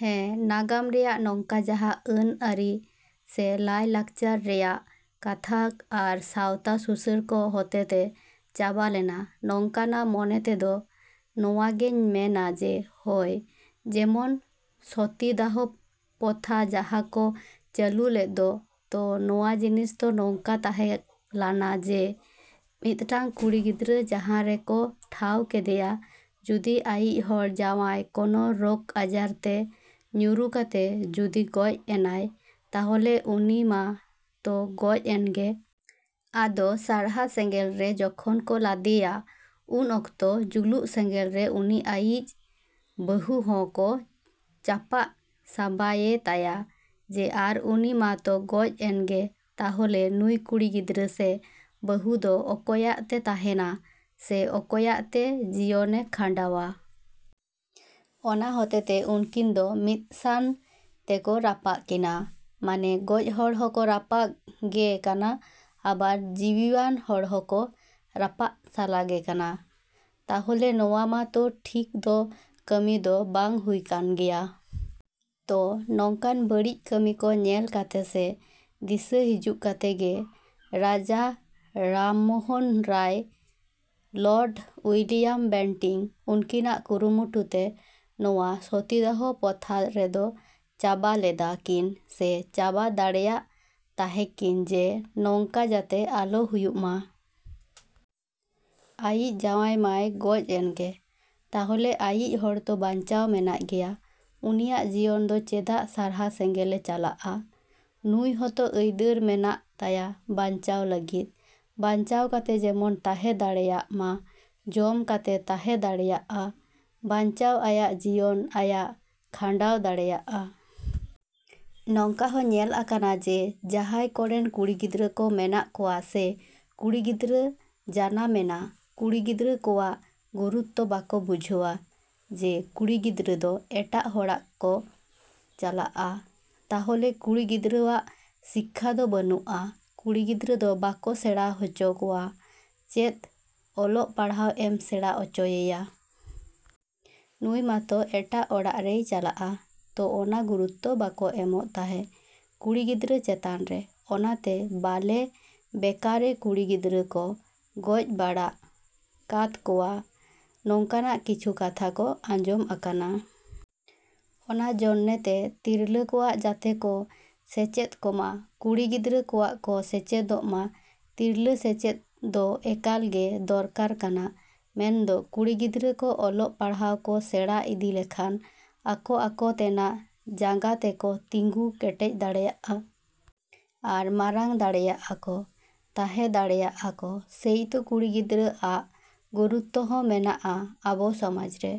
ᱦᱮᱸ, ᱱᱟᱜᱟᱢ ᱨᱮᱭᱟᱜ ᱱᱚᱝᱠᱟ ᱡᱟᱦᱟᱸ ᱟᱹᱱᱼᱟᱹᱨᱤ ᱥᱮ ᱞᱟᱭᱼᱞᱟᱠᱪᱟᱨ ᱨᱮᱭᱟᱜ ᱠᱟᱛᱷᱟ ᱟᱨ ᱥᱟᱶᱛᱟ ᱥᱩᱥᱟᱹᱨ ᱠᱚ ᱦᱚᱛᱮ ᱛᱮ ᱪᱟᱵᱟ ᱞᱮᱱᱟ, ᱱᱚᱝᱠᱟᱱᱟ ᱢᱮᱱᱛᱮᱫᱚ ᱱᱚᱣᱟ ᱜᱮᱧ ᱢᱮᱱᱟ ᱡᱮ ᱦᱚᱭ ᱡᱮᱢᱚᱱ ᱥᱚᱛᱤᱫᱟᱦᱚ ᱯᱚᱛᱷᱟ ᱡᱟᱦᱟᱸ ᱠᱚ ᱪᱟᱹᱞᱩ ᱞᱮᱫ ᱫᱚ, ᱛᱚ ᱱᱚᱣᱟ ᱡᱤᱱᱤᱥ ᱫᱚ ᱱᱚᱝᱠᱟ ᱛᱟᱦᱮᱸ ᱞᱟᱱᱟ ᱡᱮ ᱢᱤᱫᱴᱟᱝ ᱠᱩᱲᱤ ᱜᱤᱫᱽᱨᱟᱹ ᱡᱟᱦᱟᱸ ᱨᱮ ᱠᱚ ᱴᱷᱟᱶ ᱠᱮᱫᱮᱭᱟ ᱡᱩᱫᱤ ᱟᱭᱤᱡ ᱦᱚᱲ ᱡᱟᱶᱟᱭ ᱠᱚᱱᱚ ᱨᱚᱜᱽ ᱟᱡᱟᱨ ᱛᱮ ᱧᱩᱨᱩ ᱠᱟᱛᱮ ᱡᱩᱫᱤ ᱜᱚᱡ ᱮᱱᱟᱭ ᱛᱟᱦᱚᱞᱮ ᱩᱱᱤ ᱢᱟ ᱛᱚ ᱜᱚᱡ ᱮᱱ ᱜᱮ᱾ ᱟᱫᱚ ᱥᱟᱨᱦᱟ ᱥᱮᱸᱜᱮᱞ ᱨᱮ ᱡᱚᱠᱷᱚᱱ ᱠᱚ ᱞᱟᱫᱮᱭᱟ ᱩᱱ ᱚᱠᱛᱚ ᱡᱩᱞᱩᱜ ᱥᱮᱸᱜᱮᱞ ᱨᱮ ᱩᱱᱤ ᱟᱭᱤᱡ ᱵᱟᱹᱦᱩ ᱦᱚᱸ ᱠᱚ ᱪᱟᱯᱟᱜ ᱥᱟᱵᱟᱭᱮ ᱛᱟᱭᱟ ᱡᱮ ᱟᱨ ᱩᱱᱤ ᱢᱟ ᱛᱚ ᱜᱚᱡ ᱮᱱ ᱜᱮ ᱛᱟᱦᱚᱞᱮ ᱱᱩᱭ ᱠᱩᱲᱤ ᱜᱤᱫᱽᱨᱟᱹ ᱥᱮ ᱵᱟᱹᱦᱩ ᱫᱚ ᱚᱠᱚᱭᱟᱜ ᱛᱮ ᱛᱟᱦᱮᱱᱟ ᱥᱮ ᱚᱠᱚᱭᱟᱜ ᱛᱮ ᱡᱤᱭᱚᱱᱮ ᱠᱷᱟᱸᱰᱟᱣᱟ? ᱚᱱᱟ ᱦᱚᱛᱮ ᱛᱮ ᱩᱱᱠᱤᱱ ᱫᱚ ᱢᱤᱫᱥᱟᱱ ᱛᱮ ᱠᱚ ᱨᱟᱯᱟᱜ ᱠᱤᱱᱟ, ᱢᱟᱱᱮ ᱜᱚᱡ ᱦᱚᱲ ᱦᱚᱸ ᱠᱚ ᱨᱟᱯᱟᱜ ᱜᱮ ᱠᱟᱱᱟ ᱟᱵᱟᱨ ᱡᱤᱣᱤᱣᱟᱱ ᱦᱚᱲ ᱦᱚᱸ ᱠᱚ ᱨᱟᱯᱟᱜ ᱥᱟᱞᱟ ᱜᱮ ᱠᱟᱱᱟ᱾ ᱛᱟᱦᱚᱞᱮ ᱱᱚᱣᱟ ᱢᱟ ᱛᱚ ᱴᱷᱤᱠ ᱫᱚ ᱠᱟᱹᱢᱤ ᱫᱚ ᱵᱟᱝ ᱦᱩᱭ ᱠᱟᱱ ᱜᱮᱭᱟ᱾ ᱛᱚ ᱱᱚᱝᱠᱟᱱ ᱵᱟᱹᱲᱤᱡ ᱠᱟᱹᱢᱤ ᱠᱚ ᱧᱮᱞ ᱠᱟᱛᱮ ᱥᱮ ᱫᱤᱥᱟᱹ ᱦᱤᱡᱩᱜ ᱠᱟᱛᱮ ᱜᱮ Raja Rammohan Roy, Lord William Bentinck ᱱᱩᱠᱤᱱᱟᱜ ᱠᱩᱨᱩᱢᱩᱴᱩ ᱛᱮ ᱱᱚᱣᱟ ᱥᱚᱛᱤᱫᱟᱦᱚ ᱯᱚᱛᱷᱟ ᱨᱮᱫᱚ ᱪᱟᱵᱟ ᱞᱮᱫᱟ ᱠᱤᱱ ᱥᱮ ᱪᱟᱵᱟ ᱫᱟᱲᱮᱭᱟᱜ ᱛᱟᱦᱮᱸ ᱠᱤᱱ ᱡᱮ ᱱᱚᱝᱠᱟ ᱡᱟᱛᱮ ᱟᱞᱚ ᱦᱩᱭᱩᱜ ᱢᱟ᱾ ᱟᱭᱤᱡ ᱡᱟᱶᱟᱭ ᱢᱟᱭ ᱜᱚᱡ ᱮᱱ ᱜᱮ ᱛᱟᱦᱚᱞᱮ ᱟᱭᱤᱡ ᱦᱚᱲ ᱛᱚ ᱵᱟᱧᱪᱟᱣ ᱢᱮᱱᱟᱜ ᱜᱮᱭᱟ, ᱩᱱᱤᱭᱟᱜ ᱡᱤᱭᱚᱱ ᱫᱚ ᱪᱮᱫᱟᱜ ᱥᱟᱨᱦᱟ ᱥᱮᱸᱜᱮᱞᱮ ᱪᱟᱞᱟᱜᱼᱟ? ᱱᱩᱭ ᱦᱚᱸᱛᱚ ᱟᱹᱭᱫᱟᱹᱨ ᱢᱮᱱᱟᱜ ᱛᱟᱭᱟ ᱵᱟᱧᱪᱟᱣ ᱞᱟᱹᱜᱤᱫ ᱾ ᱵᱟᱧᱪᱟᱣ ᱠᱟᱛᱮ ᱡᱮᱢᱚᱱ ᱛᱟᱦᱮᱸ ᱫᱟᱲᱮᱭᱟᱜ ᱢᱟ, ᱡᱚᱢ ᱠᱟᱛᱮ ᱛᱟᱦᱮᱸ ᱫᱟᱲᱮᱭᱟᱜᱼᱟ, ᱵᱟᱧᱪᱟᱣ ᱟᱭᱟᱜ ᱡᱤᱭᱚᱱ ᱟᱭᱟᱜ ᱠᱷᱟᱸᱰᱟᱣ ᱫᱟᱲᱮᱭᱟᱜᱼᱟ᱾ ᱱᱚᱝᱠᱟ ᱦᱚ ᱧᱮᱞ ᱟᱠᱟᱱᱟ ᱡᱮ ᱡᱟᱦᱟᱸᱭ ᱠᱚᱨᱮᱱ ᱠᱩᱲᱤ ᱜᱤᱫᱽᱨᱟᱹ ᱠᱚ ᱢᱮᱱᱟᱜ ᱠᱚᱣᱟ ᱥᱮ ᱠᱩᱲᱤ ᱜᱤᱫᱽᱨᱟᱹ ᱡᱟᱱᱟᱢᱮᱱᱟ, ᱠᱩᱲᱤ ᱜᱤᱫᱽᱨᱟᱹ ᱠᱚᱣᱟᱜ ᱜᱩᱨᱩᱛᱛᱚ ᱵᱟᱠᱚ ᱵᱩᱡᱷᱟᱹᱣᱟ ᱡᱮ ᱠᱩᱲᱤ ᱜᱤᱫᱽᱨᱟᱹ ᱫᱚ ᱮᱴᱟᱜ ᱦᱚᱲᱟᱜ ᱠᱚ ᱪᱟᱞᱟᱜᱼᱟ᱾ ᱛᱟᱦᱚᱞᱮ ᱠᱩᱲᱤ ᱜᱤᱫᱽᱨᱟᱹᱣᱟᱜ ᱥᱤᱠᱠᱷᱟ ᱫᱚ ᱵᱟᱹᱱᱩᱜᱼᱟ, ᱠᱩᱲᱤ ᱜᱤᱫᱽᱨᱟᱹ ᱫᱚ ᱵᱟᱠᱚ ᱥᱮᱬᱟ ᱦᱚᱪᱚ ᱠᱚᱣᱟ ᱪᱮᱫ ᱚᱞᱚᱜ ᱯᱟᱲᱦᱟᱣ ᱮᱢ ᱥᱮᱬᱟ ᱦᱚᱪᱚᱭᱮᱭᱟ? ᱱᱩᱭ ᱢᱟ ᱛᱚ ᱮᱴᱟᱜ ᱚᱲᱟᱜ ᱨᱮᱭ ᱪᱟᱞᱟᱜᱼᱟ᱾ ᱛᱚ ᱚᱱᱟ ᱜᱩᱨᱩᱛᱛᱚ ᱵᱟᱠᱚ ᱮᱢᱚᱜ ᱛᱟᱦᱮᱸ ᱾ ᱠᱩᱲᱤ ᱜᱤᱫᱽᱨᱟᱹ ᱪᱮᱛᱟᱱ ᱨᱮ, ᱚᱱᱟᱛᱮ ᱵᱟᱞᱮ ᱵᱮᱠᱟᱨᱮ ᱠᱩᱲᱤ ᱜᱤᱫᱽᱨᱟᱹ ᱠᱚ ᱜᱚᱡ ᱵᱟᱲᱟᱜ ᱠᱟᱛ ᱠᱚᱣᱟ, ᱱᱚᱝᱠᱟᱱᱟ ᱠᱤᱪᱷᱩ ᱠᱟᱛᱷᱟ ᱠᱚ ᱟᱸᱡᱚᱢ ᱟᱠᱟᱱᱟ᱾ ᱚᱱᱟ ᱡᱚᱱᱱᱮ ᱛᱮ ᱛᱤᱨᱞᱟᱹ ᱠᱚᱣᱟᱜ ᱡᱟᱛᱮ ᱠᱚ ᱥᱮᱪᱮᱫ ᱠᱚᱢᱟ, ᱠᱩᱲᱤ ᱜᱤᱫᱽᱨᱟᱹ ᱠᱚᱣᱟᱜ ᱠᱚ ᱥᱮᱪᱮᱫᱚᱜ ᱢᱟ, ᱛᱤᱨᱞᱟᱹ ᱥᱮᱪᱮᱫ ᱫᱚ ᱮᱠᱟᱞ ᱜᱮ ᱫᱚᱨᱠᱟᱨ ᱠᱟᱱᱟ᱾ ᱢᱮᱱᱫᱚ ᱠᱩᱲᱤ ᱜᱤᱫᱽᱨᱟᱹ ᱠᱚ ᱚᱞᱚᱜ ᱯᱟᱲᱦᱟᱣ ᱠᱚ ᱥᱮᱬᱟ ᱤᱫᱤ ᱞᱮᱠᱷᱟᱱ ᱟᱠᱚ ᱟᱠᱚ ᱛᱮᱱᱟᱜ ᱡᱟᱸᱜᱟ ᱛᱮ ᱠᱚ ᱛᱤᱸᱜᱩ ᱠᱮᱴᱮᱡ ᱫᱟᱲᱮᱭᱟᱜᱼᱟ᱾ ᱟᱨ ᱢᱟᱨᱟᱝ ᱫᱟᱲᱮᱭᱟᱜᱼᱟ ᱠᱚ, ᱛᱟᱦᱮᱸ ᱫᱟᱲᱮᱭᱟᱜᱼᱟ ᱠᱚ, ᱥᱮᱭᱛᱚ ᱠᱩᱲᱤ ᱜᱤᱫᱽᱨᱟᱹᱟᱜ ᱜᱩᱨᱩᱛᱛᱚ ᱦᱚᱸ ᱢᱮᱱᱟᱜᱼᱟ ᱟᱵᱚ ᱥᱚᱢᱟᱽ ᱨᱮ᱾